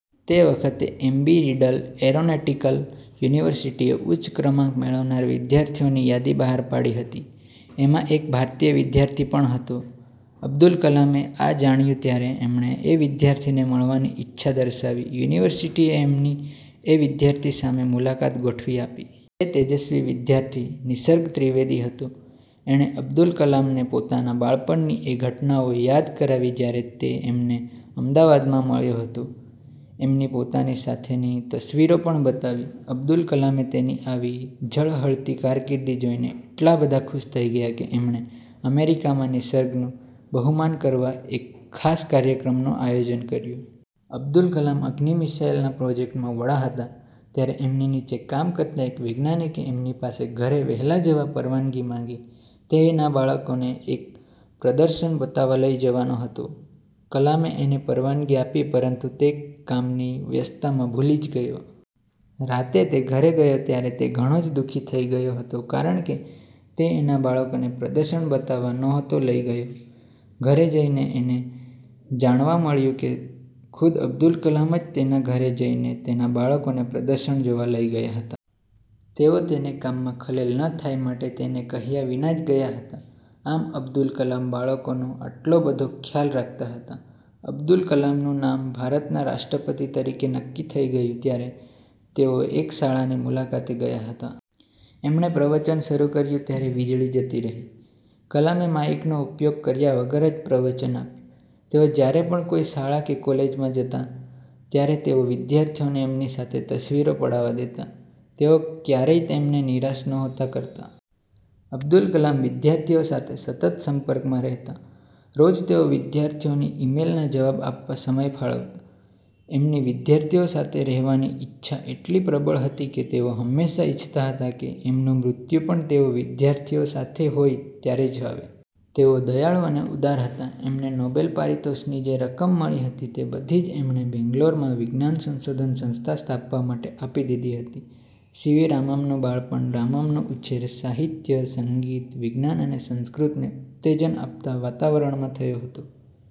તે વખતે એમ્બી riddle aeronautical યુનિવર્સીટીએ ઉચ્ચ ક્રમાંક મેળવનારા વિદ્યાર્થીઓની યાદી બહાર પાડી હતી. એમાં એક ભારતીય વિદ્યાર્થી પણ હતો. અબ્દુલ કલામે આ જાણ્યું ત્યારે એમણે એ વિદ્યાર્થીને મળવાની ઈચ્છા દર્શાવી. યુનિવર્સીટીએ એમની એ વિદ્યાર્થી સાથે મુલાકાત ગોઠવી આપી. તે તેજસ્વી વિદ્યાર્થી નિસર્ગ ત્રિવેદી હતો! એણે અબ્દુલ કલામને પોતાના બાળપણની એ ઘટનાઓ યાદ કરાવી જયારે તે એમને અમદાવાદમાં મળ્યો હતો. એમની પોતાની સાથેની તસવીરો પણ બતાવી. અબ્દુલ કલામ તેની આવી ઝળહળતી કારકિર્દી જોઈને એટલા બધા ખુશ થઇ ગયા કે એમણે અમેરિકામાં નિસર્ગનું બહુમાન કરવા એક ખાસ કાર્યક્રમનું આયોજન કર્યું. અબ્દુલ કલામ અગ્નિ મિસાઈલના પ્રોજેક્ટમાં વડા હતા ત્યારે એમની નીચે કામ કરતા એક વૈજ્ઞાનિકે એમની પાસે ઘરે વહેલા જવા પરવાનગી માંગી. તે એના બાળકોને એક પ્રદર્શન બતાવવા લઇ જવાનો હતો. કલામે એને પરવાનગી આપી પરંતુ તે કામની વ્યસ્તતામાં ભૂલી જ ગયો. રાતે તે ઘરે ગયો ત્યારે તે ઘણો જ દુઃખી થઈ ગયો હતો કારણકે તે એના બાળકોને પ્રદર્શન બતાવવા નહોતો લઇ ગયો. ઘરે જઈને એને જાણવા મળ્યું કે ખુદ અબ્દુલ કલામ જ તેના ઘરે જઈને તેના બાળકોને પ્રદર્શન જોવા લઇ ગયા હતા! તેઓ તેને કામમાં ખલેલ ન થાય માટે તેને કહ્યા વિના જ ગયા હતા. આમ અબ્દુલ કલામ બાળકોનો આટલો બધો ખ્યાલ રાખતા હતા. અબ્દુલ કલામનું નામ ભારતના રાષ્ટ્રપતિ તરીકે નક્કી થઇ ગયું ત્યારે તેઓ એક શાળાની મુલાકાતે ગયા હતા. એમણે પ્રવચન શરુ કર્યું ત્યારે વીજળી જતી રહી. કલામે માઈકનો ઉપયોગ કર્યા વગર જ પ્રવચન આપ્યું. તેઓ જયારે પણ કોઈ શાળામાં કે કોલેજમાં જતા ત્યારે તેઓ વિદ્યાર્થીઓને એમની સાથે તસ્વીર પડાવવા દેતા. તેઓ ક્યારેય તેમને નિરાશ નહોતા કરતા. અબ્દુલ કલામ વિદ્યાર્થીઓ સાથે સતત સંપર્કમાં રહેતા. રોજ તેઓ વિદ્યાર્થીઓની ઇમેઇલના જવાબ આપવા સમય ફાળવતા. એમની વિદ્યાર્થીઓ સાથે રહેવાની ઈચ્છા એટલી પ્રબળ હતી કે તેઓ હંમેશા ઇચ્છતા કે એમનું મૃત્યુ પણ તેઓ વિદ્યાર્થીઓ સાથે હોય ત્યારે જ આવે. તેઓ દયાળુ અને ઉદાર હતા. એમને નોબેલ પારિતોષિકની જે રકમ મળી હતી તે બધી જ એમણે બેન્ગલોરમાં વિજ્ઞાન સંશોધન સંસ્થા સ્થાપવા માટે આપી દીધી હતી. સી વી રામનનું બાળપણ રામનનો ઉછેર સાહિત્ય, સંગીત, વિજ્ઞાન અને સંસ્કૃતને ઉત્તેજન આપતા વાતાવરણમાં થયો હતો.